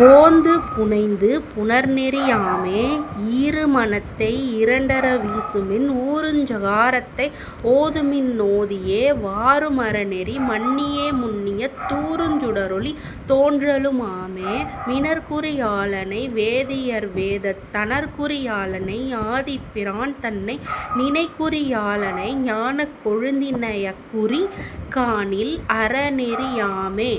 போந்து புனைந்து புணர்நெறி யாமே. ஈரு மனத்தை யிரண்டற வீசுமின் ஊருஞ் சகாரத்தை ஓதுமின் னோதியே வாரு மரநெறி மன்னியே முன்னியத் தூருஞ் சுடரொளி தோன்றலு மாமே மினற்குறி யாளனை வேதியர் வேதத் தனற்குறி யாளனை ஆதிப் பிரான்தன்னை நினைக்குறி யாளனை ஞானக் கொழுந்தி னயக்குறி காணில் அரநெறி யாமே.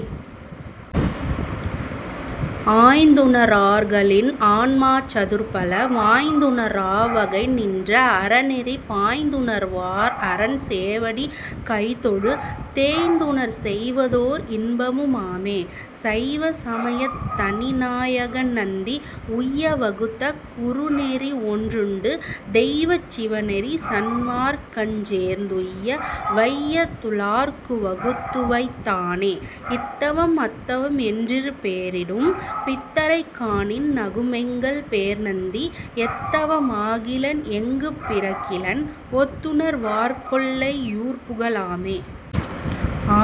ஆய்ந்துண ரார்களின் ஆன்மாச் சதுர்பல வாய்ந்துண ராவகை நின்ற அரனெறி பாய்ந்துணர் வார் அரன் சேவடி கைதொழு தேய்ந்துணர் செய்வதோர் இன்பமு மாமே. சைவ சமயத் தனிநா யகன்நந்தி உய்ய வகுத்த குருநெறி ஒன்றுண்டு தெய்வச் சிவநெறி சன்மார்க்கஞ் சேர்ந்துய்ய வையத் துளார்க்குவகுத்துவைத் தானே. இத்தவம் அத்தவம் என்றிரு பேரிடும் பித்தரைக் காணின் நகுமெங்கள் பேர்நந்தி எத்தவ மாகிலென் எங்குப் பிறக்கிலென் ஒத்துணர் வார்க்கொல்லை யூர்புக லாமே.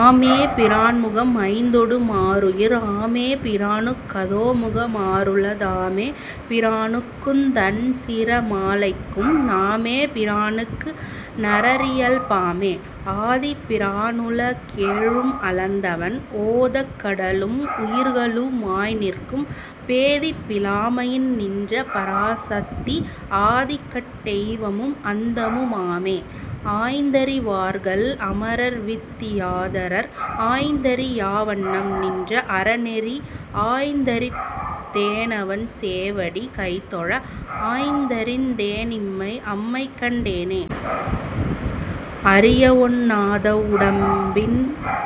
ஆமே பிரான்முகம் ஐந்தொடு மாருயிர் ஆமே பிரானுக் கதோமுக மாறுள தாமே பிரானுக்குந் தன்சிர மாலைக்கும் நாமே பிரானுக்கு நரரியல் பாமே. ஆதிப்பிரானுல கேழும் அளந்தவன் ஓதக் கடலும் உயிர்களு மாய்நிற்கும் பேதிப் பிலாமையின் நின்ற பராசத்தி ஆதிக்கட் டெய்வமும் அந்தமு மாமே. ஆய்ந்தறி வார்கள் அமரர்வித் தியாதரர் ஆய்ந்தறி யாவண்ணம் நின்ற அரனெறி ஆய்ந்தறிந் தேனவன் சேவடி கைதொழ ஆய்ந்தறிந் தேனிம்மை அம்மைகண் டேனே. அறியவொண் ணாதவ் வுடம்பின்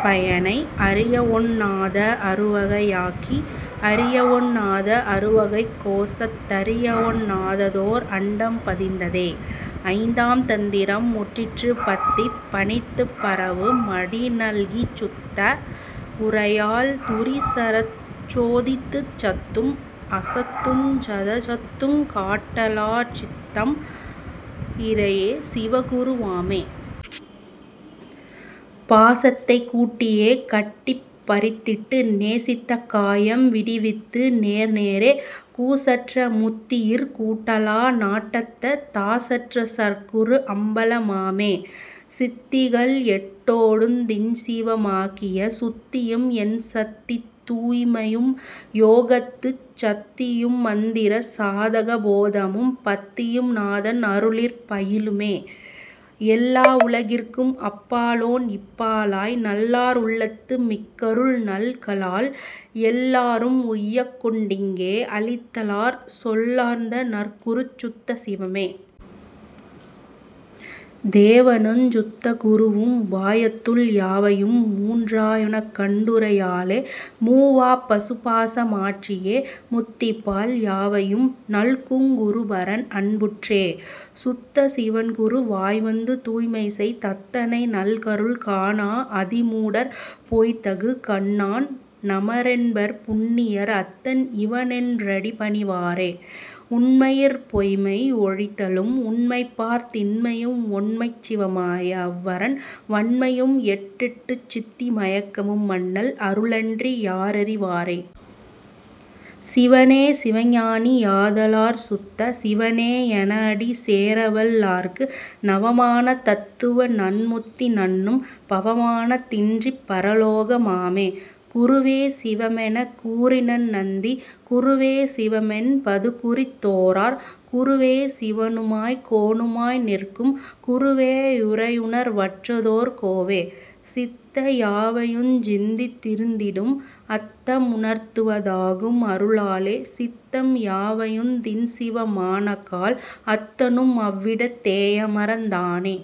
பயனை அறியவொண் ணாத அறுவகை யாக்கி அறியவொண் ணாத அறுவகைக் கோசத் தறியவொண் ணாததோர் அண்டம் பதிந்ததே. ஐந்தாம் தந்திரம் முற்றிற்று பத்திப் பணித்துப் பரவு மடிநல்கிச் சுத்த வுரையால் துரிசறச் சோதித்துச் சத்தும் அசத்துஞ் சதசத்துங் காட்டலாற் சித்தம் இறையே சிவகுரு வாமே. பாசத்தைக் கூட்டியே கட்டிப் பறித்திட்டு நேசித்த காயம் விடிவித்து நேர்நேரே கூசற்ற முத்தியிற் கூட்டலா நாட்டத்த தாசற்ற சற்குரு அம்பலமாமே. சித்திகள் எட்டோடுந் திண்சிவ மாக்கிய சுத்தியும் எண்சத்தித் தூய்மையும் யோகத்துச் சத்தியும்மந்திர சாதக போதமும் பத்தியும் நாதன் அருளிற் பயிலுமே. எல்லா உலகிற்கும் அப்பாலோன் இப்பாலாய் நல்லார் உள்ளத்து மிக்கருள் நல்கலால் எல்லாரும் உய்யக்கொண் டிங்கே அளித்தலாற் சொல்லார்ந்த நற்குருச் சுத்த சிவமே. தேவனுஞ் சுத்த குருவும் உபாயத்துள் யாவையும் மூன்றா யுனக்கண் டுரையாலே மூவாப் பசுபாச மாற்றியே முத்திப்பால் யாவையும் நல்குங் குருபரன் அன்புற்றே. சுத்த சிவன்குரு வாய்வந்து தூய்மைசெய் தத்தனை நல்கருள் காணா அதிமூடர் பொய்த்தகு கண்ணான் நமரென்பர் புண்ணியர் அத்தன் இவனென் றடிபணிவாரே. உண்மையிற் பொய்மை ஒழித்தலும் உண்மைப்பார் திண்மையும் ஒண்மைச் சிவமாய அவ்வரன் வண்மையும் எட்டெட்டுச் சித்தி மயக்கமும் அண்ணல் அருளன்றி யாரறி வாரே. சிவனே சிவஞானி யாதலாற் சுத்த சிவனே யெனஅடி சேரவல் லார்க்கு நவமான தத்துவ நன்முத்தி நண்ணும் பவமான தின்றிப் பரலோக மாமே. குருவே சிவமெனக் கூறினன் நந்தி குருவே சிவமென் பதுகுறித் தோரார் குருவே சிவனுமாய்க் கோனுமாய் நிற்கும் குருவே யுரையுணர் வற்றதோர் கோவே. சித்த யாவையுஞ் சிந்தித் திருந்திடும் அத்தம் உணர்த்துவ தாகும் அருளாலே சித்தம் யாவையுந் திண்சிவ மானக்கால் அத்தனும் அவ்விடத் தேயமர்ந் தானே.